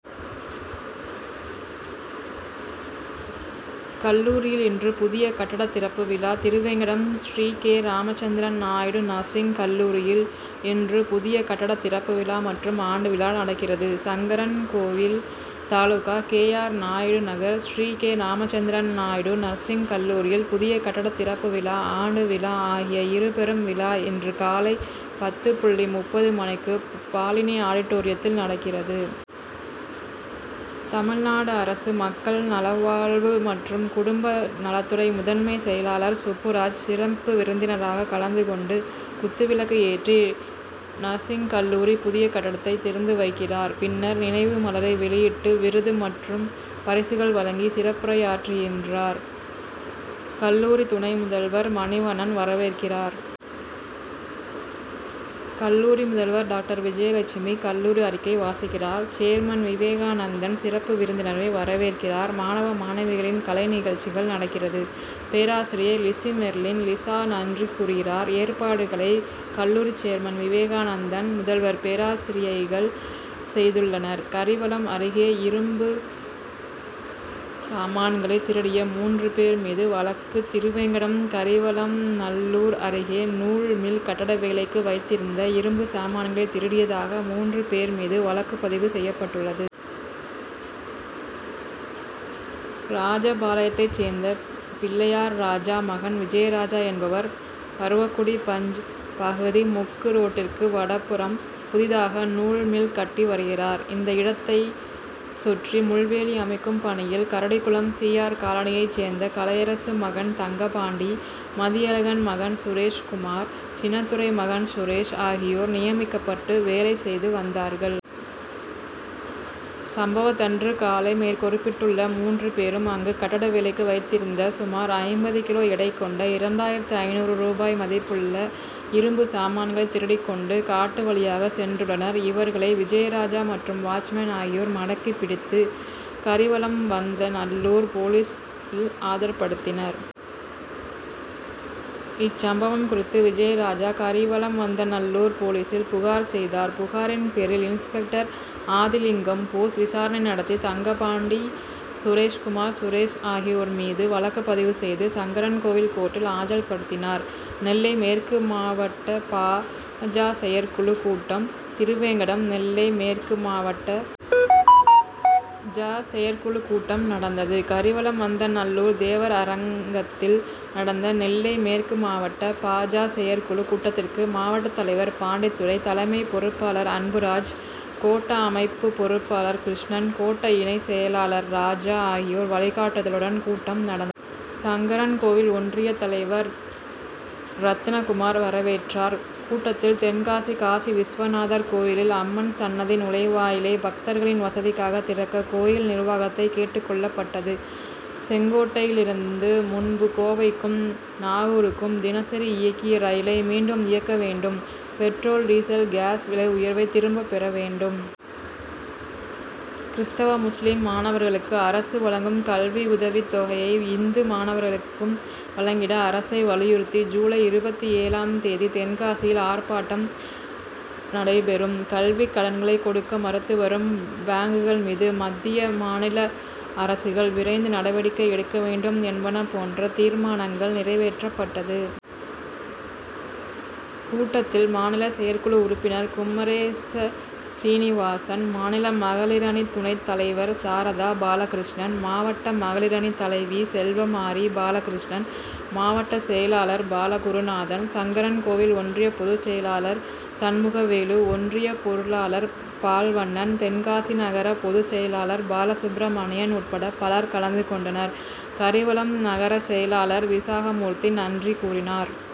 கல்லூரியில்இன்று புதிய கட்டட திறப்பு விழா திருவேங்கடம் ஸ்ரீ. கே. ராமச்சந்திரன் நாயுடு நர்சிங் கல்லூரியில் இன்று புதிய கட்டட திறப்பு விழா மற்றும் ஆண்டு விழா நடக்கிறது. Sankarankovil taluka K. R. Naidu Nagar Sri. K. Ramachandran Naidu nursing கல்லூரியில் புதிய கட்டட திறப்பு விழா, ஆண்டு விழா ஆகிய இருபெரும் விழா இன்று காலை பத்து புள்ளி முப்பது மணிக்கு பாலினி ஆடிட்டோரியத்தில் நடக்கிறது. தமிழ்நாடு அரசு மக்கள் நலவாழ்வு மற்றும் குடும்ப நலத்துறை முதன்மை செயலாலர் சுப்புராஜ் சிறப்பு விருந்தினராக கலந்து கொண்டு குத்துவிளக்கு ஏற்றி, நர்சிங் கல்லூரி புதிய கட்டடத்தை திறந்து வைக்கிறார். பின்னர் நினைவு மலரை வெளியிட்டு விருது மற்றும் பரிசுகள் வழங்கி சிறப்புரையாற்றுகின்றார். கல்லூரி துணை முதல்வர் மணிவண்ணன் வரவேற்கிறார். கல்லூரி முதல்வர் டாக்டர் விஜயலட்சுமி கல்லூரி அறிக்கை வாசிக்கிறார். சேர்மன் விவேகானந்தன் சிறப்பு விருந்தினரை வரவேற்கிறார். மாணவ, மாணவிகளின் கலை நிகழ்ச்சிகள் நடக்கிறது. பேராசிரியை லிசிமெர்லின் லிசா நன்றி கூறுகிறார். ஏற்பாடுகளை கல்லூரி சேர்மன் விவேகானந்தன், முதல்வர், பேராசிரியைகள் செய்துள்ளனர். கரிவலம் அருகே இரும்பு சாமான்களைதிருடிய மூன்று பேர் மீது வழக்கு திருவேங்கடம் கரிவலம்நல்லூர் அருகே நூல் மில் கட்டட வேலைக்கு வைத்திருந்த இரும்பு சாமான்களை திருடியதாக மூன்று பேர் மீது வழக்குபதிவு செய்யப்பட்டுள்ளது. ராஜபாளையத்தை சேர்ந்த பிள்ளையார்ராஜா மகன் விஜயராஜா என்பவர் பருவக்குடி பஞ்., பகுதி முக்கு ரோட்டிற்கு வடபுறம் புதிதாக நூல் மில் கட்டி வருகிறார். இந்த இடத்தை சுற்றி முள்வேலி அமைக்கும் பணியில் கரடிகுளம் சி. ஆர். காலனியை சேர்ந்த கலையரசு மகன் தங்கப்பாண்டி, மதியழகன் மகன் சுரேஷ்குமார், சின்னத்துரை மகன் சுரேஷ் ஆகியோர் நியமிக்கப்பட்டு வேலை செய்து வந்தார்கள். சம்பவத்தன்று காலை மேற்குறிப்பிட்டுள்ள மூன்று பேரும் அங்கு கட்டட வேலைக்கு வைத்திருந்த சுமார் ஐம்பது கிலோ எடை கொண்ட இரண்டாயிரத்து ஐந்நூறு ரூபாய் மதிப்புள்ள இரும்பு சாமான்களை திருடிக் கொண்டு காட்டு வழியாக சென்றுள்ளனர். இவர்களை விஜயராஜா மற்றும் வாட்ச்மேன் ஆகியோர் மடக்கி பிடித்து கரிவலம்வந்தநல்லூர் போலீசில் ஆஜர்படுத்தினர். இச்சம்பவம் குறித்து விஜயராஜா கரிவலம்வந்தநல்லூர் போலீசில் புகார் செய்தார். புகாரின் பேரில் இன்ஸ்பெக்டர் ஆதிலிங்கம்போஸ் விசாரணை நடத்தி தங்கப்பாண்டி, சுரேஷ்குமார், சுரேஷ் ஆகியோர் மீது வழக்கு பதிவு செய்து சங்கரன்கோவில் கோர்ட்டில் ஆஜர்படுத்தினார். நெல்லை மேற்கு மாவட்டபா. ஜ.,செயற்குழு கூட்டம் திருவேங்கடம் நெல்லை மேற்கு மாவட்ட ஜ.,செயற்குழு கூட்டம் நடந்தது. கரிவலம்வந்தநல்லூர் தேவர் அரங்கத்தில் நடந்த நெல்லை மேற்கு மாவட்ட பா. ஜ.,செயற்குழு கூட்டத்திற்கு மாவட்ட தலைவர் பாண்டித்துரை தலைமை வகித்தார். மாநில அமைப்பு பொது செயலாளர் மோகன்ராஜூலு, கோட்ட பொறுப்பாளர் அன்புராஜ், கோட்ட அமைப்பு பொறுப்பாளர் கிருஷ்ணன், கோட்ட இணை செயலாளர் ராஜா ஆகியோர் வழிகாட்டுதலுடன் கூட்டம் நடந். சங்கரன்கோவில் ஒன்றிய தலைவர் ரத்தினகுமார் வரவேற்றார். கூட்டத்தில், தென்காசி காசிவிசுவநாதர் கோயிலில் அம்மன் சன்னதி நுழைவுவாயிலை பக்தர்களின் வசதிக்காக திறக்க கோயில் நிர்வாகத்தை கேட்டுக் கொள்ளப்பட்டது. செங்கோட்டையிலிருந்து முன்பு கோவைக்கும், நாகூருக்கும் தினசரி இயக்கிய ரயிலை மீண்டும் இயக்க வேண்டும். பெட்ரோல், டீசல், காஸ் விலை உயர்வை திரும்ப பெற வேண்டும். கிறிஸ்தவ, முஸ்லிம் மாணவர்களுக்கு அரசு வழங்கும் கல்வி உதவித் தொகையை இந்து மாணவர்களுக்கும் வழங்கிட அரசை வலியுறுத்தி ஜூலை இருபத்தேழாம் தேதி தென்காசியில் ஆர்ப்பாட்டம் நடைபெறும். கல்விக் கடன்களை கொடுக்க மறுத்து வரும் பாங்குகள் மீது மத்திய, மாநில அரசுகள் விரைந்து நடவடிக்கை எடுக்க வேண்டும் என்பன போன்ற தீர்மானங்கள் நிறைவேற்றப்பட்டது. கூட்டத்தில் மாநில செயற்குழு உறுப்பினர் குமரேசசீனிவாசன், மாநில மகளிரணி துணைத் தலைவர் சாரதா பாலகிருஷ்ணன், மாவட்ட மகளிரணி தலைவி செல்லமாரி, பாலகிருஷ்ணன், மாவட்ட செயலாளர் பாலகுருநாதன், சங்கரன்கோவில் ஒன்றிய பொது செயலாளர் சண்முகவேலு, ஒன்றிய பொருளாளர் பால்வண்ணன், தென்காசி நகர பொது செயலாளர் பாலசுப்பிரமணியன் உட்பட பலர் கலந்து கொண்டனர். கரிவலம் நகர செயலாளர் விசாகமூர்த்தி நன்றி கூறினார்.